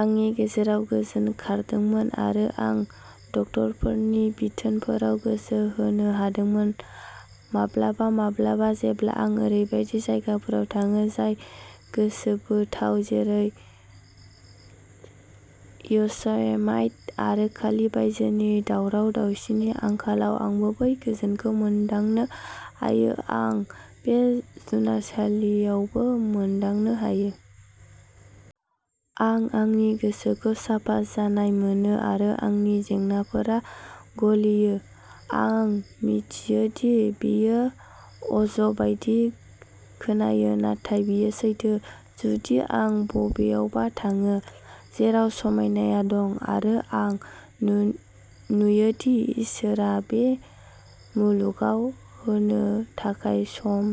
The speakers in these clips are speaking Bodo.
आंनि गेजेराव गोजोन खारदोंमोन आरो आं डाक्ट'रफोरनि बिथोनफोराव गोसो होनो हादोंमोन। माब्लाबा माब्लाबा जेब्ला आं ओरैबायदि जायगाफोराव थाङो जाय गोसोबोथाव। जेरै य'सेमाइट आरो खालि बायजोनि दावराव-दावसिनि आंखालाव आं बै गोजोनखौ मोनदांनो हायो। आं बेखौ जुनारसालियावबो मोनदांनो हायो। आं आंनि गोसोखौ साफा जानाय मोनो आरो आंनि जेंनाफोरा गलियो। आं मिथियो दि बेयो अज बायदि खोनायो, नाथाय बेयो सैथो। जुदि आं बबेयावबा थाङो, जेराव समायनाया दं आरो आं नुयो दि इसोरआ बे मुलुगाव होनो थाखाय सम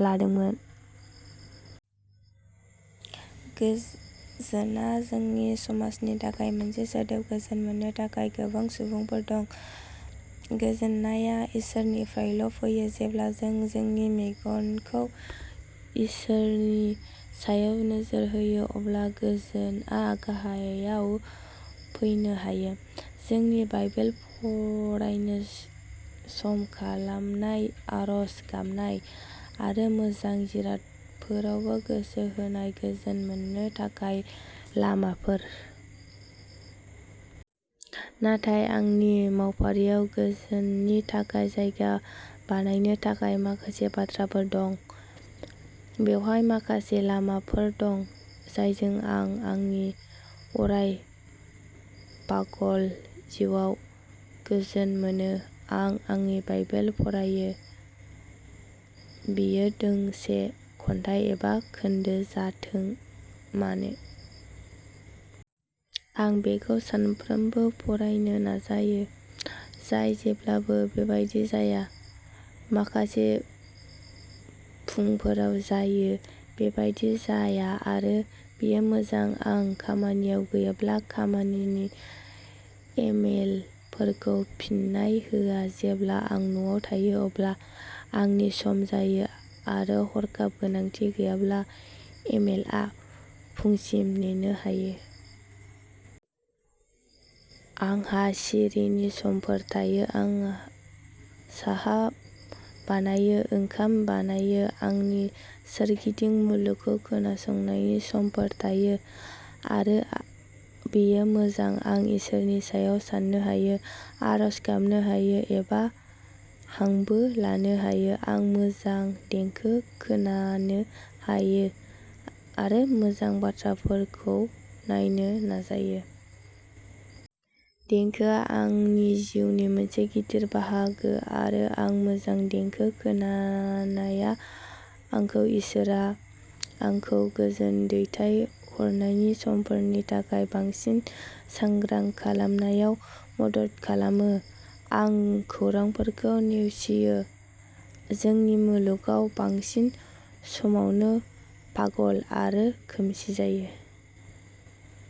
लादोंमोन। गोजोनआ जोंनि समाजनि थाखाय मोनसे सोदोब, गोजोन मोननो थाखाय गोबां सुबुंफोर दं। गोजोननाया इसोरनिफ्रायल'फैयो। जेब्ला जों जोंनि मेगनखौ इसोरनि सायाव नोजोर होयो, अब्ला गोजोनआ गाहायाव फैनो हायो। जोंनि बाइबेल फरायनो सम खालामनाय, आरज गाबनाय आरो मोजां जिरादफोराव गोसो होनाया गोजोन मोननो थाखाय लामाफोर। नाथाय आंनि मावफारियाव गोजोननि थाखाय जायगा बानायनो थाखाय माखासे बाथ्राफोर दं। बेवहाय माखासे लामाफोर दं, जायजों आं आंनि अराय पागल जिउआव गोजोन मोनो। आं आंनि बाइबेलखौ फरायो। बियो दोंसे खन्थाइ एबा खोन्दो जाथों मानो। आं बेखौ सानफ्रोमबो फरायनो नाजायो। जाय जेब्लाबो बेबादि जाया। माखासे फुंफोराव जायो। बेबादि जाया आरो बेयो मोजां। आं खामानियाव गैयाब्ला खामानिनि इमेलफोरखौ फिननाय होआ। जेब्ला आं न'आव थायो अब्ला आंनि सम जायो आरो हरखाब गोनांथि गैयाब्ला इमेलआ फुंसिम नेनो हायो। आंहा सिरिनि समफोर थायो। आं साहा बानायो, ओंखाम बानायो। आंनि सोरगिदिं मुलुगखौ खोनासंनायनि समफोर थायो आरो बेयो मोजां। आं इसोरनि सायाव साननो हायो, आरज गाबनो हायो एबा हांबो लानो हायो। आं मोजां देंखो खोनानो हायो आरो मोजां बाथ्राफोरखौ नायनो नाजायो। देंखोआ आंनि जिउनि मोनसे गिदिर बाहागो आरो आं मोजां देंखो खोनानाया आंखौ इसोरआ आंखौ गोजोन दैथाय हरनायनि समफोरनि थाखाय बांसिन सांग्रां खालामनायाव मदद खालामो। आं खौरांफोरखौ नेवसियो। जोंनि मुलुगआ बांसिन समावनो पागल आरो खोमसि जायो।